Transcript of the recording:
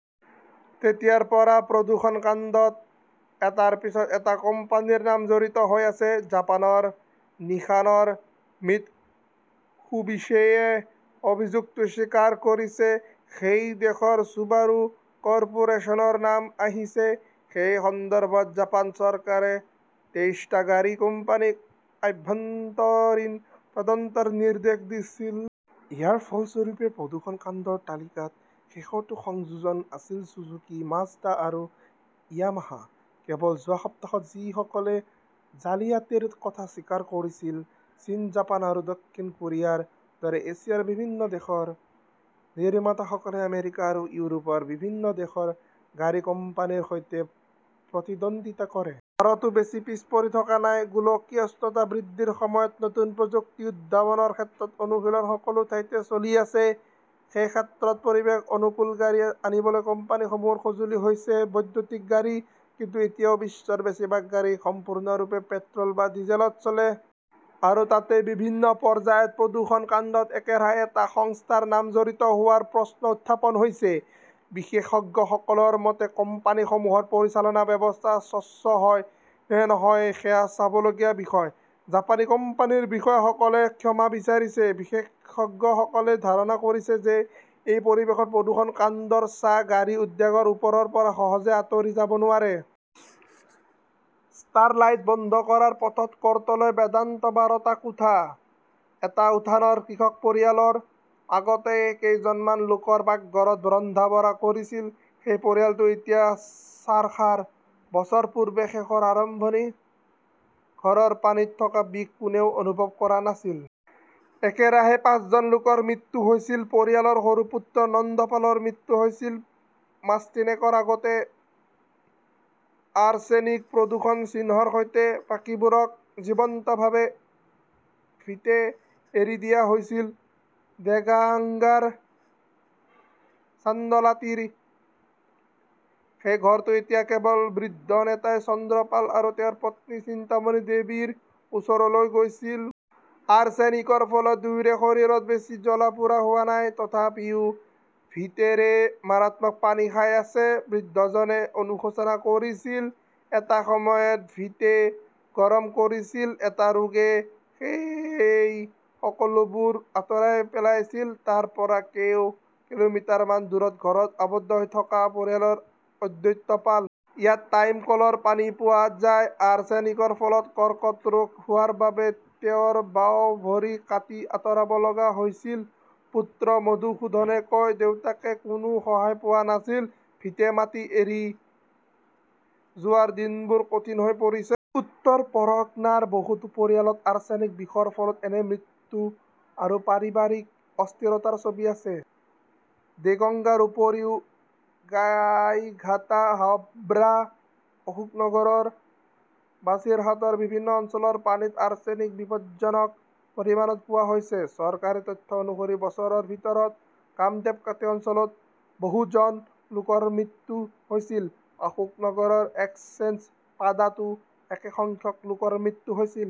তেতিয়াৰ পৰা প্ৰদূষণ কাণ্ডত এটাৰ পিছত এটা কোম্পানীৰ নাম জড়িত হৈ আছে। জাপানৰ নিসানৰ মিত্সুবিছিয়ে অভিযোগটো স্বীকাৰ কৰিছে। সেই দেশৰ চুবাৰু কৰ্পোৰেচনৰ নাম আহিছে। সেই সন্দৰ্ভত জাপান চৰকাৰে তেইশটা গাড়ী কোম্পানীক আভ্যন্তৰীণ তদন্তৰ নিৰ্দেশ দিছিল। ইয়াৰ ফলস্বৰূপে প্ৰদূষণ কাণ্ডৰ তালিকাত শেষৰটো সংযোজন আছিল চুজুকি, মাজদা আৰু ইয়ামাহা। কেৱল যোৱা সপ্তাহত যিসকলে জালিয়াতিৰ কথা স্বীকাৰ কৰিছিল। চীন, জাপান আৰু দক্ষিণ কোৰিয়াৰ দৰে এছিয়াৰ বিভিন্ন দেশৰ নিৰ্মাতাসকলে আমেৰিকা আৰু ইউৰোপৰ বিভিন্ন দেশৰ গাড়ী কোম্পানীৰ সৈতে প্ৰতিদ্বন্দিতা কৰে। ভাৰতো বেছি পিছ পৰি থকা নাই। গোলকীয় উষ্ণতা বৃদ্ধিৰ সময়ত নতুন প্ৰযুক্তি উদ্ভাৱনৰ ক্ষেত্ৰত অনুশীলন সকলো ঠাইতে চলি আছে। সেই ক্ষেত্ৰত পৰিৱেশ অনুকূল গাড়ী আনিবলৈ কোম্পানীসমূহৰ সঁজুলি হৈছে বৈদ্যুতিক গাড়ী। কিন্তু এতিয়াও বিশ্বৰ বেছিভাগ গাড়ী সম্পূৰ্ণৰূপে পেট্ৰল বা ডিজেলত চলে। আৰু তাতেই বিভিন্ন পৰ্যায়ত প্ৰদূষণ কাণ্ডত একেৰাহে এটা সংস্থাৰ নাম জড়িত হোৱাৰ প্ৰশ্ন উত্থাপন হৈছে। বিশেষজ্ঞসকলৰ মতে, কোম্পানীসমূহৰ পৰিচালনা ব্যৱস্থা স্বচ্ছ হয় নে নহয় সেয়া চাবলগীয়া বিষয়। জাপানী কোম্পানীৰ বিষয়াসকলে ক্ষমা বিচাৰিছে। বিশেষজ্ঞসকলে ধাৰণা কৰিছে যে, এই পৰিৱেশত প্ৰদূষণ কাণ্ডৰ ছাঁ গাড়ী উদ্যোগৰ ওপৰৰ পৰা সহজে আঁতৰি যাব নোৱাৰে। ষ্টাৰলাইট বন্ধ কৰাৰ পথত ক'ৰ্টলৈ বেদান্ত বাৰটা কোঠা, এটা উঠানৰ কৃষক পৰিয়ালৰ আগতে কেইজনমান লোকৰ পাকঘৰত ৰন্ধা-বঢ়া কৰিছিল। সেই পৰিয়ালটো এতিয়া চাৰখাৰ। বছৰ পূৰ্বে শেষৰ আৰম্ভণি। ঘৰৰ পানীত থকা বিষ কোনেও অনুভৱ কৰা নাছিল। একেৰাহে পাঁচজন লোকৰ মৃত্যু হৈছিল। পৰিয়ালৰ সৰু পুত্ৰ নন্দ পালৰ মৃত্যু হৈছিল মাষ্টিনেকৰ আগতে। আৰ্ছেনিক-প্ৰদূষণৰ চিহ্নৰ সৈতে বাকীবোৰক জীৱন্তভাৱে ভিটে এৰি দিয়া হৈছিল। দেগাঙ্গাৰ চান্দলাটিৰ সেই ঘৰটো এতিয়া কেৱল বৃদ্ধ নিতাই চন্দ্ৰ পাল আৰু তেওঁৰ পত্নী চিন্তামণি দেৱীৰ ওচৰলৈ গৈছিল। আৰ্ছেনিকৰ ফলত দুয়োৰে শৰীৰত বেছি জ্বলা-পোৰা হোৱা নাই। তথাপিও ভিটেৰে "মাৰাত্মক পানী" খাই আছে। বৃদ্ধজনে অনুশোচনা কৰিছিল, "এটা সময়ত ভিটে গৰম কৰিছিল। এটা ৰোগে এই সকলোবোৰ আঁতৰাই পেলাইছিল"। তাৰ পৰা কেই কিলোমিটাৰমান দূৰত ঘৰত আবদ্ধ হৈ থকা পৰিয়ালৰ অদ্বৈত পাল। ইয়াত টাইম কলৰ পানী পোৱা যায়। আৰ্ছেনিকৰ ফলত কৰ্কট ৰোগ হোৱাৰ বাবে তেওঁৰ বাওঁ ভৰি কাটি আঁতৰাব লগা হৈছিল। পুত্ৰ মধুসূদনে কয়, "দেউতাকে কোনো সহায় পোৱা নাছিল। ভিটে-মাটি এৰি যোৱাৰ দিনবোৰ কঠিন হৈ পৰিছে"। উত্তৰ পৰগনাৰ বহুতো পৰিয়ালত আৰ্ছেনিক বিষৰ ফলত এনে মৃত্যু আৰু পাৰিবাৰিক অস্থিৰতাৰ ছবি আছে। দেগঙ্গাৰ উপৰিও গাইঘাটা, হাবৰা, অশোকনগৰ, বাছিৰহাটৰ বিভিন্ন অঞ্চলৰ পানীত আৰ্ছেনিক বিপদজ্জনক পৰিমাণত পোৱা গৈছে। চৰকাৰী তথ্য অনুসৰি বছৰৰ ভিতৰত কামদেবকাটি অঞ্চলত বহুজন লোকৰ মৃত্যু হৈছিল। অশোকনগৰৰ এক্সচেঞ্জপাডাতো একে সংখ্যক লোকৰ মৃত্যু হৈছিল।